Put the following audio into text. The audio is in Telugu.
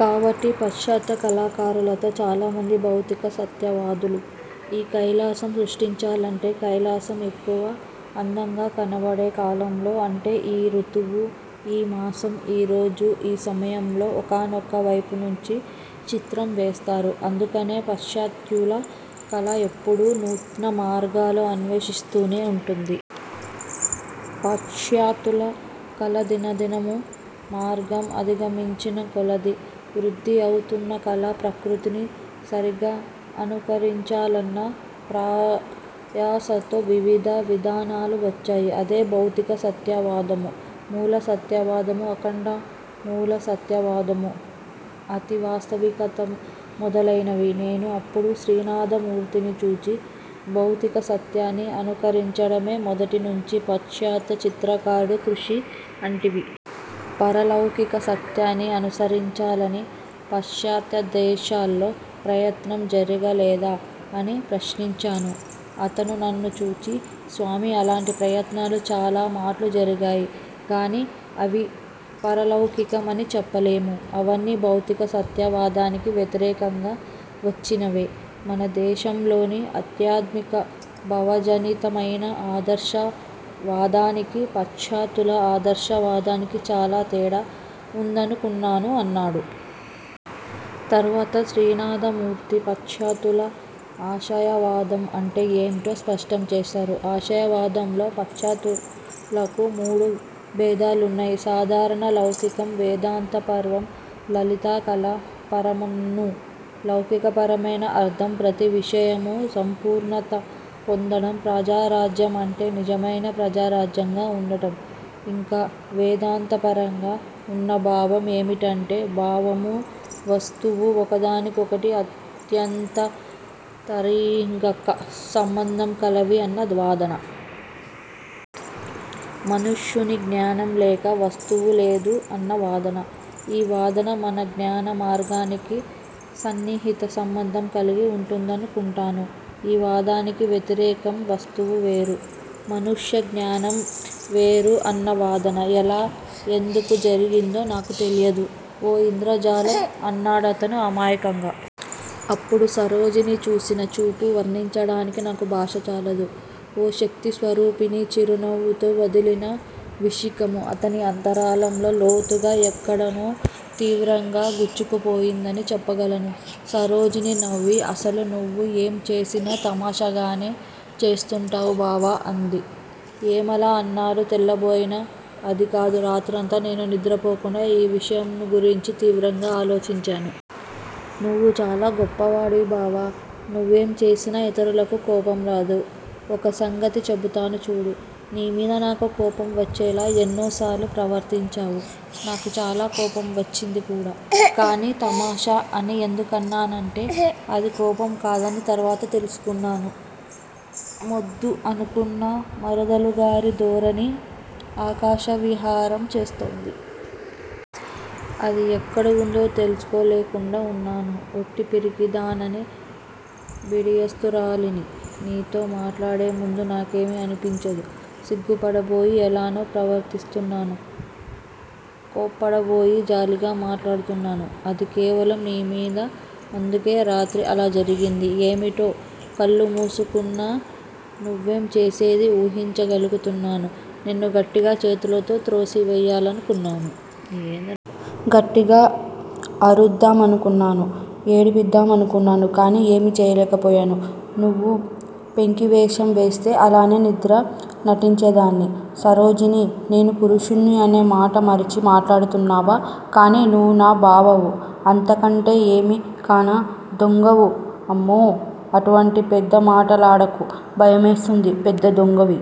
కాబట్టి పాశ్చాత్య కళాకారులలో చాలామంది భౌతిక సత్యవాదులు. ఈ కైలాసం సృష్టించాలంటే, కైలాసం ఎక్కువ అందంగా కనబడేకాలంలో అంటే ఈ రుతువు, ఈ మాసం, ఈ రోజు ఈ సమయంలో ఒకానొక వైపునుంచి చిత్రం వేస్తారు. అందుకనే పాశ్చాత్యుల కళ ఎప్పుడూ నూత్న మార్గాలు అన్వేషిస్తూనే ఉంటుంది. పాశ్చాత్యుల కళ దినదినమూ, మార్గం అధిగమించిన కొలది, వృద్ది అవుతున్న కళ. ప్రకృతిని సరిగా అనుకరించాలన్న ప్రయాసతో వివిధ విధానాలు వచ్చాయి. అదే భౌతిక సత్యవాదము. మూల సత్యవాదము, అఖండమూల సత్యవాదము, అతి వాస్తవికతమొదలైనవి. నేను అప్పుడు శ్రీనాథమూర్తిని చూచి, '' భౌతికసత్యాన్ని అనుకరించడమే మొదటినుంచీ పశ్చాత్య చిత్రకారుల కృషి అంటివి. పరలౌకిక సత్యానే అనుసరించాలనే పశ్చాత్యదేశాల్లో ప్రయత్నం జరగలేదా? ''అని ప్రశ్నించాను. అతను నన్ను చూచి ''స్వామీ, అలాటి ప్రయత్నాలు చాలా మాట్లు జరిగాయి. కాని అవి పరలౌకిక మని చెప్పలేము. అవన్నీ భౌతిక సత్యవాదానికి వ్యతిరేకంగా వచ్చినవే. మన దేశంలోని ఆధ్యాత్మిక భవజనితమైన ఆదర్శ వాదానికీ, పశ్చాత్యుల ఆదర్శ వాదానికీ చాలా తేడా ఉందనుకున్నాను'' అన్నాడు. తర్వాత శ్రీనాథమూర్తి పశ్చాత్యుల ఆశయవాదం అంటె ఏమిటో స్పష్టం చేశారు. '' ఆశయవాదంలో పశ్చాత్యులకు మూడు భేదాలున్నాయ్ సాదారణ లౌకికం, వేదాంతపరం, లలితకళా పరమున్ను. లౌకికపరమైన అర్ధం ప్రతి విషయమూ సంపూర్ణత పొందడం, ప్రజారాజ్యం అంటె నిజమైన ప్రజారాజ్యంగా ఉండటం. ఇంక వేదాంతపరంగా ఉన్న భావం ఏమిటంటే, భావమూ, వస్తువూ ఒకదాని కొకటి అత్యంతతరీంగక సంబంధం కలవి అన్నద్ వాదన. మనుష్యుని జ్ఞానం లేక వస్తువు లేదు అన్న వాదన. ఈ వాదన మన జ్ఞాన మార్గానికి సన్నిహిత సంబంధం కలిగి ఉంటుందనుకుంటాను. ఈ వాదానికి వ్యతిరేకం వస్తువు వేరు, మనుష్య జ్ఞానం వేరు అన్న వాదన. ఎలా ఎందుకు జరిగిందో నాకు తెలియదు. ఓ ఇంద్రజాలం అన్నాడతను అమాయకంగా. అప్పుడు సరోజిని చూసిన చూపు వర్ణించడానికి నాకు భాష చాలదు. ఓ శక్తిస్వరూపిణి చిరునవ్వుతో వదిలిన విశిఖము అతని అంతరాళంలో లోతుగా ఎక్కడనో తీవ్రంగా గుచ్చుకుపోయిందని చెప్పగలను. సరోజిని నవ్వి అసలు నువ్వు ఏంచేసినా తమాషాగానే చేస్తుంటావు బావా అంది. ఏమలా? అన్నారు తెల్లబోయిన. అదికాదు రాత్రంతా నేను నిద్రపోకనే ఈ విషయంగురించి తీవ్రంగా ఆలోచించాను. నువ్వు చాలా గొప్పవాడివి బావా. నువ్వేం చేసినా ఇతరులకు కోపంరాదు. ఒక సంగతి చెబుతాను చూడు, నీమీద నాకు కోపం వచ్చేలా ఎన్నోసార్లు ప్రవర్తించావు. నాకు చాలా కోపంవచ్చింది కూడా. కానీ తమాషా అని ఎందుకన్నానంటే అది కోపంకాదని తరువాత తెలుసుకున్నాను. మొద్దు అనుకున్న మరదలుగారి ధోరణి ఆకాశవిహారం చేస్తోంది. అది ఎక్కడవుందో తెలుసుకోలేకుండా ఉన్నాను ఒట్టి పిరికిధానని బిడియస్తురాలిని. నీతో మాట్లాడేముందు నాకేమీ అనిపించదు. సిగ్గుపడబోయి, ఎలానో ప్రవర్తిస్తున్నాను. కోప్పడబోయి జాలిగా మాట్లాడుతున్నాను. అది కేవలం నీ మీద అందుకే రాత్రి అలా జరిగింది. ఏమిటో? కళ్ళు మూసుకున్నా నువ్వేంచేసేదీ ఊహించ గలుగుతున్నాను. నిన్ను గట్టిగా చేతులతో త్రోసివెయాలనుకున్నాను. గట్టిగా అరుద్ద్డామనుకున్నాను. ఏడిపిద్దామనుకున్నాను. కానీ ఏమీ చేయలేకపోయాను. నువ్వు పెంకివేషం వేస్తే అలానే నిద్ర నటించేదాన్ని! సరోజినీ! నేను పురుషుడ్ని అనే మాట మరిచి మాట్లాడుతున్నావా? కానీ నువ్వు నా బావవు. అంతకంటే ఏమీ కానా. దొంగవు అమ్మో! అటువంటి పెద్దమాటలాడకు, భయమేస్తుంది. పెద్ద దొంగవి.